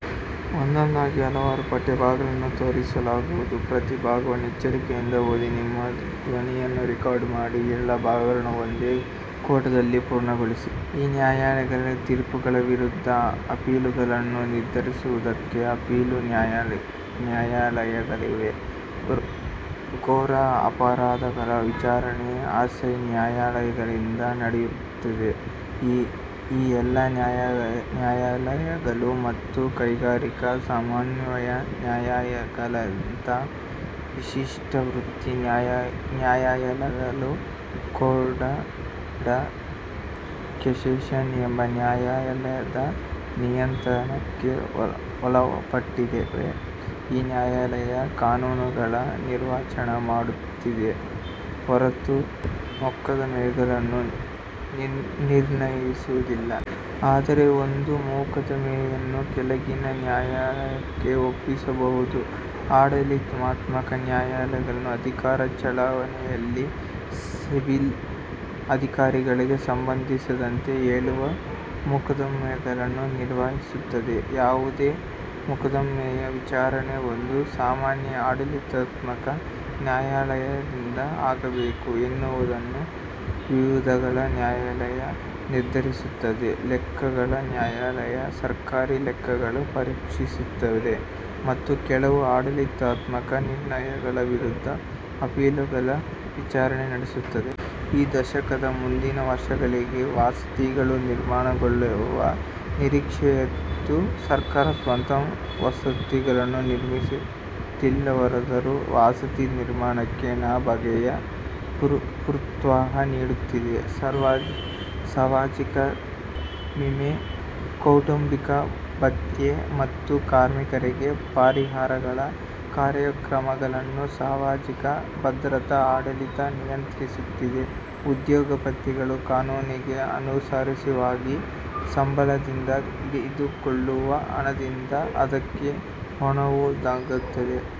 ಈ ನ್ಯಾಯಾಲಯಗಳ ತೀರ್ಪುಗಳ ವಿರುದ್ಧ ಅಪೀಲುಗಳನ್ನು ನಿರ್ಧರಿಸುವುದಕ್ಕೆ ಅಪೀಲು ನ್ಯಾಯಾಲಯಗಳಿವೆ. ಘೋರ ಅಪರಾಧಗಳ ವಿಚಾರಣೆ ಅಸೈ ನ್ಯಾಯಾಲಯಗಳಿಂದ ನಡೆಯುತ್ತದೆ. ಈ ಎಲ್ಲ ನ್ಯಾಯಾಲಯಗಳು ಮತ್ತು ಕೈಗಾರಿಕಾ ಸಮನ್ವಯ ನ್ಯಾಯಲಯಗಳಂಥ ವಿಶಿಷ್ಟ ವೃತ್ತಿ ನ್ಯಾಯಾಲಯಗಳು ಕೋರ್ಟ್ ಡ ಕ್ಯಾಸೇಷನ್ ಎಂಬ ನ್ಯಾಯಾಲಯದ ನಿಯಂತ್ರಣಕ್ಕೆ ಒಳಪಟ್ಟಿವೆ. ಈ ನ್ಯಾಯಾಲಯ ಕಾನೂನುಗಳ ನಿರ್ವಚನ ಮಾಡುತ್ತದೆಯೇ ಹೊರತು ಮೊಕದ್ದಮೆಗಳನ್ನು ನಿರ್ಣಯಿಸುವುದಿಲ್ಲ. ಆದರೆ ಅದು ಒಂದು ಮೊಕದ್ದಮೆಯನ್ನು ಕೆಳಗಿನ ನ್ಯಾಯಾಲಯಕ್ಕೆ ಒಪ್ಪಿಸಬಹುದು. ಆಡಳಿತಾತ್ಮಕ ನ್ಯಾಯಾಲಯಗಳು ಅಧಿಕಾರ ಚಲಾವಣೆಯಲ್ಲಿ ಸಿವಿಲ್ ಅಧಿಕಾರಿಗಳಿಗೆ ಸಂಬಂಧಿಸಿದಂತೆ ಏಳುವ ಮೊಕದ್ದಮೆಗಳನ್ನು ನಿರ್ಣಯಿಸುತ್ತದೆ. ಯಾವುದೇ ಮೊಕದ್ದಮೆಯ ವಿಚಾರಣೆ ಒಂದು ಸಾಮಾನ್ಯ ಆಡಳಿತಾತ್ಮಕ ನ್ಯಾಯಾಲಯದಿಂದ ಆಗಬೇಕು ಎನ್ನುವುದನ್ನು ವಿವಾದಗಳ ನ್ಯಾಯಾಲಯ ನಿರ್ಧರಿಸುತ್ತದೆ. ಲೆಕ್ಕಗಳ ನ್ಯಾಯಾಲಯ ಸರ್ಕಾರಿ ಲೆಕ್ಕಗಳನ್ನು ಪರೀಕ್ಷಿಸುತ್ತದೆ ಮತ್ತು ಕೆಲವು ಆಡಳಿತಾತ್ಮಕ ನಿರ್ಣಯಗಳ ವಿರುದ್ಧ ಅಪೀಲುಗಳ ವಿಚಾರಣೆ ನಡೆಸುತ್ತದೆ. ಈ ದಶಕದ ಮುಂದಿನ ವರ್ಷಗಳಲ್ಲಿ ವಸತಿಗಳು ನಿರ್ಮಾಣಗೊಳ್ಳುವ ನಿರೀಕ್ಷೆಯಿತ್ತು. ಸರ್ಕಾರ ಸ್ವತಃ ವಸತಿಗಳನ್ನು ನಿರ್ಮಿಸುತ್ತಿಲ್ಲವಾದರೂ ವಸತಿ ನಿರ್ಮಾಣಕ್ಕೆ ನಾನಾ ಬಗೆಯ ಪ್ರೋತ್ಸಾಹ ನೀಡುತ್ತಿದೆ. ಸಾಮಾಜಿಕ ವಿಮೆ, ಕೌಟುಂಬಿಕ ಭತ್ಯೆ, ಮತ್ತು ಕಾರ್ಮಿಕರಿಗೆ ಪರಿಹಾರಗಳ ಕಾರ್ಯಕ್ರಮಗಳನ್ನು ಸಾಮಾಜಿಕ ಭಧ್ರತಾ ಆಡಳಿತ ನಿಯಂತ್ರಿಸುತ್ತಿದೆ. ಉದ್ಯೋಗಪತಿಗಳು ಕಾನೂನಿಗೆ ಅನುಸಾರವಾಗಿ ಸಂಬಳದಿಂದ ಹಿಡಿದುಕೊಳ್ಳುವ ಹಣದಿಂದ ಅದಕ್ಕೆ ಹಣವೊದಗುತ್ತದೆ.